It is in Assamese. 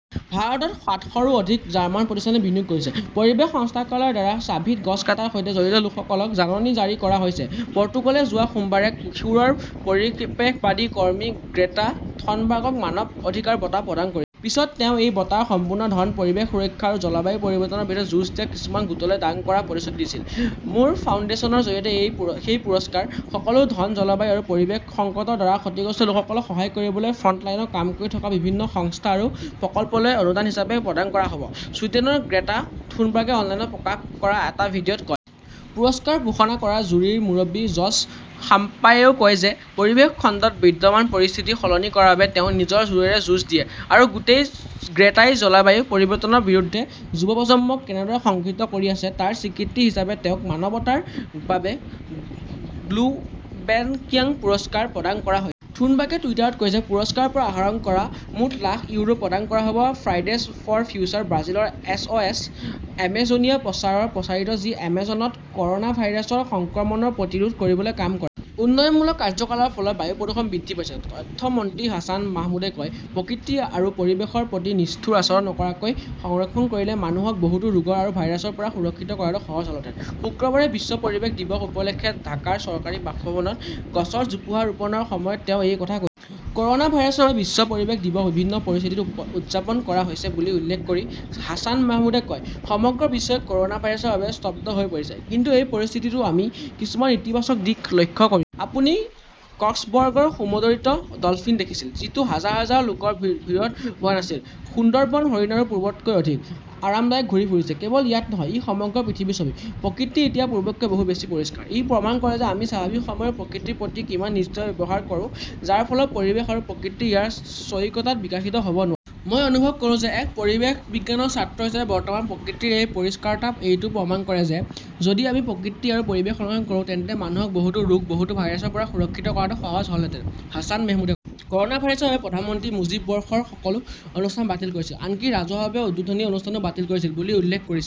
ভাৰতত সাতশ ৰো অধিক জাৰ্মান প্ৰতিষ্ঠানে বিনিয়োগ কৰিছে। পৰিৱেশ সঞ্চালকালয়ৰ দ্বাৰা চাভিত গছ কটাৰ সৈতে জড়িত লোকসকলক জাননী জাৰি কৰা হৈছে পৰ্তুগালে যোৱা সোমবাৰে কিশোৰী পৰিৱেশবাদী কৰ্মী গ্ৰেটা থনবাৰ্গক মানৱ অধিকাৰ বঁটা প্ৰদান কৰিছিল। পিছত তেওঁ এই বঁটাৰ সম্পূৰ্ণ ধন পৰিৱেশ সুৰক্ষা আৰু জলবায়ু পৰিৱৰ্তনৰ বিৰুদ্ধে যুঁজ দিয়া কিছুমান গোটলৈ দান কৰাৰ প্ৰতিশ্ৰুতি দিছিল। "মোৰ ফাউণ্ডেশ্যনৰ জৰিয়তে সেই পুৰস্কাৰৰ সকলো ধন জলবায়ু আৰু পৰিৱেশ সংকটৰ দ্বাৰা ক্ষতিগ্ৰস্ত লোকসকলক সহায় কৰিবলৈ ফ্ৰণ্টলাইনত কাম কৰি থকা বিভিন্ন সংস্থা আৰু প্ৰকল্পলৈ অনুদান হিচাপে প্ৰদান কৰা হ" ব ", ছুইডেনৰ গ্ৰেটা থুনবাৰ্গে অনলাইনত প্ৰকাশ কৰা এটা ভিডিঅ' ত কয়। পুৰস্কাৰ ঘোষণা কৰা জুৰীৰ মুৰব্বী জৰ্জ সাম্পায়োৱে কয় যে পৰিৱেশ খণ্ডত বিদ্যমান পৰিস্থিতি সলনি কৰাৰ বাবে তেওঁৰ নিজৰ জোৰেৰে যুঁজ দিয়া আৰু গ্ৰেটাই জলবায়ু পৰিৱৰ্তনৰ বিৰুদ্ধে যুৱ প্ৰজন্মক কেনেদৰে সংগঠিত কৰি আছে তাৰ স্বীকৃতি হিচাপে তেওঁক মানৱতাৰ বাবে গুলবেঙ্কিয়ান পুৰস্কাৰ প্ৰদান কৰা হৈছে। থুনবাৰ্গে টুইটাৰত কয় যে পুৰস্কাৰৰ পৰা আহৰণ কৰা মুঠ লাখ ইউৰো প্ৰদান কৰা হ'ব। ফ্ৰাইডেজ ফৰ ফিউচাৰ ব্ৰাজিলৰ "এছ. অ'. এছ. আমাজোনিয়া" প্ৰচাৰ প্ৰচাৰত যি আমাজনত কৰ 'না ভাইৰাছৰ সংক্ৰমণ প্ৰতিৰোধ কৰিবলৈ কাম কৰে। উন্নয়নমূলক কাৰ্যকলাপৰ ফলত বায়ু প্ৰদূষণ বৃদ্ধি পাইছে তথ্য মন্ত্ৰী হাছান মাহমুদই কয়, প্ৰকৃতি আৰু পৰিৱেশৰ প্ৰতি নিষ্ঠুৰ আচৰণ নকৰাকৈ সংৰক্ষণ কৰিলে মানুহক বহুতো ৰোগ আৰু ভাইৰাছৰ পৰা সুৰক্ষিত কৰাটো সহজ হ'লহেঁতেন। শুকুৰবাৰে বিশ্ব পৰিৱেশ দিৱস উপলক্ষে ঢাকাৰ চৰকাৰী বাসভৱনত গছৰ জোপোহা ৰোপণৰ সময়ত তেওঁ এই কথা কৈছিল। কৰ'না ভাইৰাছৰ বাবে বিশ্ব পৰিৱেশ দিৱস বিভিন্ন পৰিস্থিতিত উদযাপন কৰা হৈছে বুলি উল্লেখ কৰি হাছান মাহমুদই কয়, সমগ্ৰ বিশ্বই ক'ৰনা ভাইৰাছৰ বাবে স্তব্ধ হৈ পৰিছে। কিন্তু এই পৰিস্থিতিতও আমি কিছুমান ইতিবাচক দিশ লক্ষ্য কৰিছো। আপুনি কক্সবৰ্গৰ সমুদ্ৰতীৰত ডলফিন দেখিছিল, যিটো হাজাৰ হাজাৰ লোকৰ ভিৰত হোৱা নাছিল। সুন্দৰবনৰ হৰিণবোৰ পূৰ্বতকৈ অধিক আৰামদায়কভাৱে ঘূৰি ফুৰিছে। কেৱল ইয়াত নহয়, ই সমগ্ৰ পৃথিৱীৰ ছবি। প্ৰকৃতি এতিয়া পূৰ্বতকৈ বহু বেছি পৰিষ্কাৰ। ই প্ৰমাণ কৰে যে আমি স্বাভাৱিক সময়ত প্ৰকৃতিৰ প্ৰতি কিমান নিষ্ঠুৰভাৱে ব্যৱহাৰ কৰোঁ, যাৰ ফলত পৰিৱেশ আৰু প্ৰকৃতি ইয়াৰ স্বকীয়তাত বিকশিত হ 'ব নোৱাৰে। মই অনুভৱ কৰোঁ যে, এক পৰিৱেশ বিজ্ঞানৰ ছাত্ৰ হিচাপে বৰ্তমানৰ প্ৰকৃতিৰ এই পৰিষ্কাৰতাই এইটোও প্ৰমাণ কৰে যে যদি আমি আমাৰ প্ৰকৃতি আৰু পৰিৱেশ সংৰক্ষণ কৰোঁ, তেন্তে মানুহক বহুতো ৰোগ, বহুতো ভাইৰাছৰ পৰা সুৰক্ষিত কৰাটো সহজ হলহেঁতেন, হাছান মেহমুদে কয়। ক'ৰনা ভাইৰাছৰ বাবে প্ৰধানমন্ত্ৰীয়ে মুজীব বৰ্ষৰ সকলো অনুষ্ঠান বাতিল কৰিছিল, আনকি ৰাজহুৱাভাৱে উদ্বোধনী অনুষ্ঠানও বাতিল কৰিছিল "বুলি উল্লেখ কৰিছে।